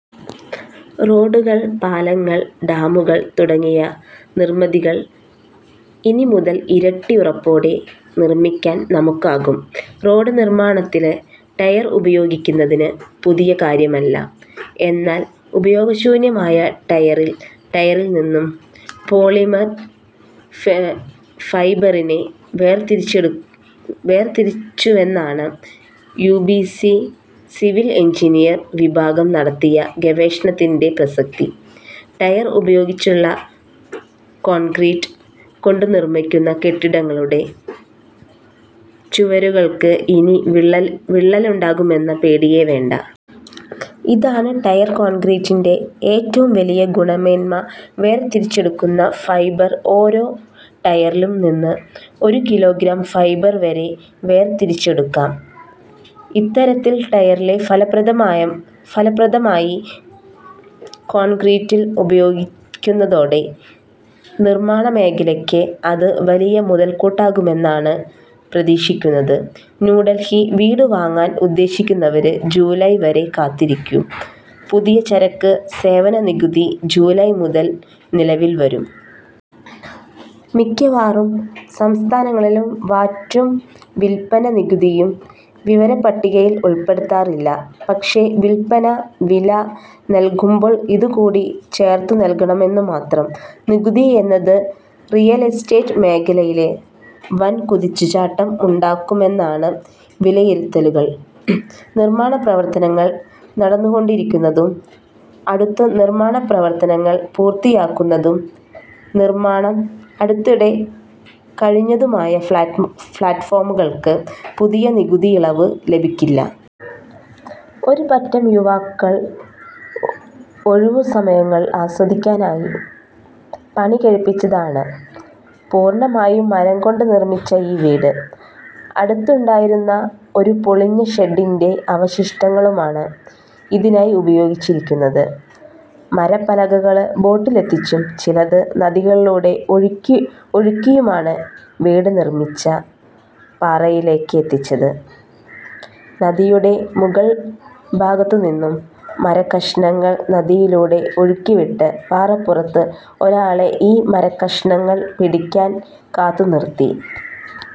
റോഡുകള്, പാലങ്ങള്, ഡാമുകള് തുടങ്ങിയ നിര്മിതികള് ഇനിമുതല് ഇരട്ടി ഉറപ്പോടെ നിര്മിക്കാന് നമുക്കാകും. റോഡ് നിര്മാണത്തില് ടയര് ഉപയോഗിക്കുന്നത് പുതിയ കാര്യമല്ല എന്നാല് ഉപയോഗശൂന്യമായ ടയറില് നിന്നും പോളിമെര് ഫൈബറിനെ വേര്ത്തിരിച്ചുവെന്നതാണ് യുബിസി സിവില് എഞ്ചിനീയര് വിഭാഗം നടത്തിയ ഗവേഷണത്തിന്റെ പ്രസക്തി. ടയര് ഉപയോഗിച്ചുള്ള കോണ്ക്രീറ്റ് കൊണ്ടുനിര്മിക്കുന്ന കെട്ടിടങ്ങളുടെ ചുവരുകള്ക്ക് ഇനി വിള്ളലുണ്ടാകുമെന്ന പേടിയെ വേണ്ട. ഇതാണ് ടയര് കോണ്ക്രീറ്റിന്റെ ഏറ്റവും വലിയ ഗുണമേന്മ വേര്തിരിച്ചെടുത്ത ഫൈബര് ഒരോ ടയറില് നിന്നും ഒരു കിലോഗ്രാം ഫൈബര് വരെ വേര്തിരിച്ചെടുക്കാം. ഇത്തരത്തില് ടയറിനെ ഫലപ്രദമായി കോണ്ക്രീറ്റില് ഉപയോഗിക്കുന്നതോടെ നിര്മാണമേഖലയ്ക്ക് അത് വലിയ മുതല്കൂട്ടാകുമെന്നാണ് പ്രതീക്ഷിക്കുന്നത്. ന്യൂഡല്ഹി:വീട് വാങ്ങാന് ഉദ്ദേശിക്കുന്നവര് ജൂലൈ വരെ കാത്തിരിക്കു. പുതിയ ചരക്ക് സേവന നികുതി ജൂലൈ മുതല് നിലവില്വരും. മിക്കവാറും സംസ്ഥാനങ്ങളില് വാറ്റും വില്പ്പന നികുതിയും വിവരപ്പട്ടികയില് ഉള്പ്പെടുത്താറില്ല. പക്ഷേ വില്പ്പന വില നല്കുമ്പോള് ഇതുകൂടി ചേര്ത്തുനല്കണമെന്നുമാത്രം. നികുതി എന്നത് റിയല് എസ്റ്റേറ്റ് മേഖലയില് വന് കുതിച്ചുചാട്ടം ഉണ്ടാക്കുമെന്നാണ് വിലയിരുത്തലുകള്. നിര്മാണപ്രവര്ത്തനങ്ങള് നടന്നുകൊണ്ടിരിക്കുന്നതും, അടുത്ത് നിര്മാണ പ്രവര്ത്തനങ്ങള് പൂര്ത്തിയാകുന്നതും, നിര്മാണം അടുത്തിടെ കഴിഞ്ഞതുമായ ഫ്ളാറ്റുകള്ക്ക് പുതിയ നികുതി ഇളവ് ലഭിക്കില്ല. ഒരു പറ്റം യുവാക്കള് ഒഴിവുസമയങ്ങള് ആസ്വദിക്കാനായി പണികഴിപ്പിച്ചതാണ് പൂര്ണമായും മരം കൊണ്ട് നിര്മിച്ച ഈ വീട്. അടുത്ത് ഉണ്ടായിരുന്ന ഒരു പൊളിഞ്ഞ ഷെഡ്ഡിന്റെ അവശിഷ്ടമാണ് ഇതിനായി ഉപയോഗിച്ചിരിക്കുന്നത്. മരപ്പലകള് ബോട്ടിലെത്തിച്ചും ചിലത് നദിലൂടെ ഒഴുക്കിയുമാണ് വീട് നിര്മിച്ച പാറയിലേക്ക് എത്തിച്ചത്. നദിയുടെ മുകള് ഭാഗത്തുനിന്നും മരകഷ്ണങ്ങള് നദിയിലൂടെ ഒഴുക്കിവിട്ട് പാറപ്പുറത്ത് ഒരാളെ ഈ മരകഷ്ണങ്ങള് പിടിയ്ക്കാന് കാത്തുനിര്ത്തി.